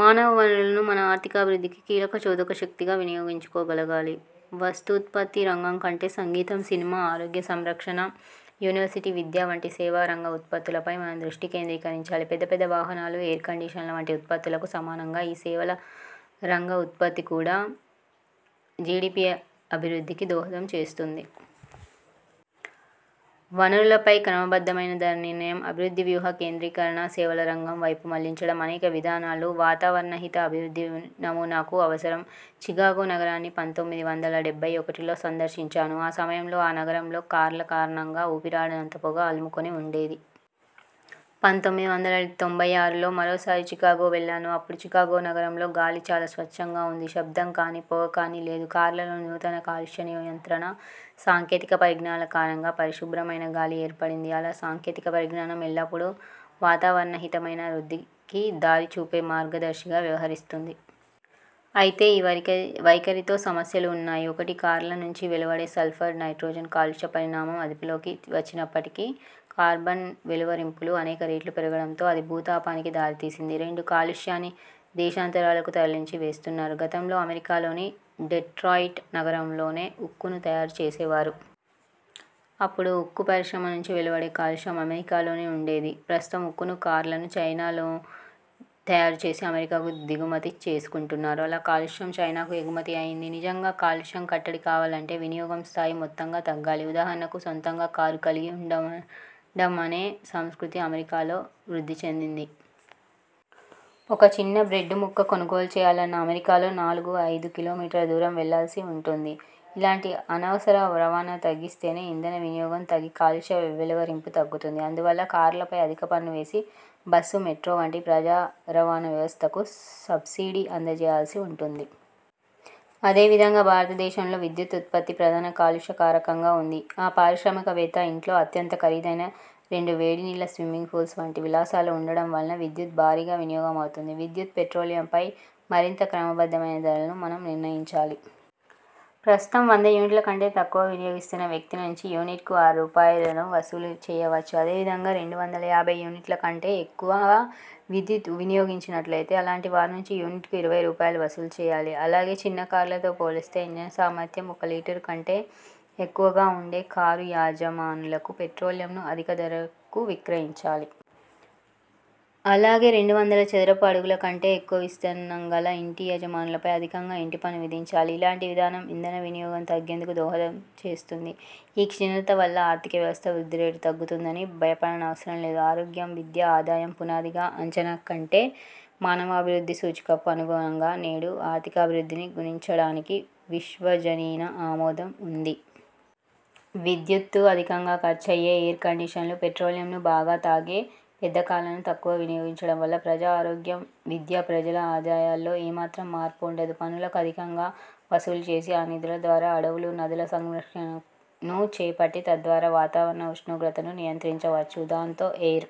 మానవ వనరులను మన ఆర్థికాభివృద్ధికి కీలక చోదక శక్తిగా వినియోగించుకోగలగాలి. వస్తూత్పత్తి రంగం కంటే సంగీతం, సినిమా, ఆరోగ్య సంరక్షణ, యూనివర్సిటీ విద్య వంటి సేవా రంగ ఉత్పత్తులపై మనం దృష్టి కేంద్రీకరించాలి. పెద్ద పెద్ద వాహనాలు, ఎయిర్ కండిషన్ల వంటి ఉత్పత్తులకు సమానంగా ఈ సేవల రంగ ఉత్పత్తి కూడా జీడీపీ అభివృద్ధికి దోహదం చేస్తుంది. వనరులపై క్రమబద్ధమైన ధర నిర్ణయం, అభివృద్ధి వ్యూహ కేంద్రీకరణ సేవల రంగం వైపు మళ్లించడం అనే విధానాలు వాతావరణహిత అభివృద్ధి నమూనాకు అవసరం. చికాగో నగరాన్ని పంతొమ్మిది వందల డెబ్బై ఒకటిలో సందర్శించాను. ఆ సమయంలో ఆ నగరంలో కార్ల కారణంగా ఊపిరాడనంత పొగ అలుముకొని ఉండేది. పంతొమ్మిది వందల తొంభై ఆరులో మరోసారి చికాగో వెళ్ళాను. అప్పుడు చికాగో నగరంలో గాలి చాలా స్వచ్ఛంగా ఉంది. శబ్దం కానీ, పొగ కానీ లేదు. కార్లలోని నూతన కాలుష్య నియంత్రణ సాంకేతిక పరిజ్ఞానాల కారణంగా పరిశుభ్రమైన గాలి ఏర్పడింది. అలా సాంకేతిక పరిజ్ఞానం ఎల్లప్పుడూ వాతావరణహితమైన వృద్ధికి దారిచూపే మార్గదర్శిగా వ్యవహరిస్తుంది. అయితే ఈ వైఖరితో సమస్యలూ ఉన్నాయి. ఒకటి, కార్ల నుంచి వెలువడే సల్ఫర్, నైట్రోజన్ కాలుష్యాల పరిమాణం అదుపులోకి వచ్చిన్నప్పటికీ, కార్బన్ వెలువరింపులు అనేక రెట్లు పెరగడంతో అది భూతాపానికి దారితీసింది. రెండు, కాలుష్యాన్ని దేశాంతరాలకు తరలించి వేస్తున్నారు. గతంలో అమెరికాలోని డెట్రాయిట్ నగరంలోనే ఉక్కును తయారు చేసేవారు. అప్పుడు ఉక్కు పరిశ్రమ నుంచి వెలువడే కాలుష్యం అమెరికాలోనే ఉండేది. ప్రస్తుతం ఉక్కును, కార్లను చైనాలో తయారు చేసి అమెరికాకు దిగుమతి చేసుకుంటున్నారు. అలా కాలుష్యం చైనాకు ఎగుమతి అయింది. నిజంగా కాలుష్యం కట్టడి కావాలంటే వినియోగం స్థాయి మొత్తంగా తగ్గాలి. ఉదాహరణకు, సొంతంగా కారు కలిగి ఉండడమనే సంస్కృతి అమెరికాలో వృద్ధి చెందింది. ఒక చిన్న బ్రెడ్డు ముక్క కొనుగోలు చేయాలన్నా అమెరికాలో నాలుగు, ఐదు కిలోమీటర్ల దూరం వెళ్ళవలసి ఉంటుంది. ఇలాంటి అనవసర రవాణా తగ్గిస్తేనే, ఇంధన వినియోగం తగ్గి కాలుష్యాల వెలువరింపు తగ్గుతుంది. అందువల్ల కార్ల పై అధిక పన్ను వేసి, బస్సు, మెట్రో వంటి ప్రజా రవాణా వ్యవస్థకు సబ్సిడీ అందజేయాల్సి ఉంటుంది. అదే విధంగా, భారత దేశంలో విద్యుదుత్పత్తి ప్రధాన కాలుష్య కారకంగా ఉంది. ఆ పారిశ్రామిక వేత్త ఇంట్లో అత్యంత ఖరీదైన రెండు వేడి నీళ్ళ స్విమ్మింగ్ పూల్స్ వంటి విలాసాలు ఉండడం వలన విద్యుత్తు భారీగా వినియోగమవుతోంది. విద్యుత్తు, పెట్రోలియంలపై మరింత క్రమబద్ధమైన ధరలను మనం నిర్ణయించాలి. ప్రస్తుతం, వంద యూనిట్ల కంటే తక్కువగా వినయోగిస్తున్న వ్యక్తి నుంచి యూనిట్కు ఆరు రూపాయలులను వసూలు చేయవచ్చు. అదే విధంగా రెండు వందల యాభై యూనిట్ల కంటే ఎక్కువగా విద్యుత్ను వినియోగించినట్లయితే అలాంటి వారి నుంచి యూనిట్కు ఇరవై రూపాయలు వసూలు చేయాలి. అలాగే, చిన్న కార్లతో పోలిస్తే, ఇంజన్ సామర్థ్యం ఒక లీటరు కంటే ఎక్కువగా ఉండే కారు యజమానులకు పెట్రోలియంను అధిక ధరకు విక్రయించాలి. అలాగే, రెండు వందల చదరపు అడుగుల కంటే ఎక్కువ విస్తీర్ణంగల ఇంటి యజమానులపై అధికంగా ఇంటి పన్ను విధించాలి ఇలాంటి విధానం ఇంధన వినియోగం తగ్గేందుకు దోహదం చేస్తుంది. ఈ క్షీణత వల్ల ఆర్థికవ్యవస్థ వృద్ధి రేటు తగ్గుతుందని భయపడనవసరం లేదు. ఆరోగ్యం, విద్య, ఆదాయం పునాదిగా అంచనా కట్టే మానవాభివృద్ధి సూచికకు అనుగుణంగా నేడు ఆర్థికాభివృద్ధిని గణించడానికి విశ్వజనీన ఆమోదం ఉంది. విద్యుత్తు అధికంగా ఖర్చయ్యే ఎయిర్ కండిషన్లు, పెట్రోలియంను బాగా తాగే పెద్ద కార్లను తక్కువగా వినియోగించడం వల్ల ప్రజా ఆరోగ్యం, విద్య, ప్రజల ఆదాయాల్లో ఏ మాత్రం మార్పూ ఉండదు. పన్నులను అధికంగా వసూలు చేసి, ఆ నిధుల ద్వారా అడవులు, నదుల సంరక్షణను చేపట్టి, తద్వారా వాతావరణ ఉష్ణోగ్రతను నియంత్రించవచ్చు. దాంతో ఎయిర్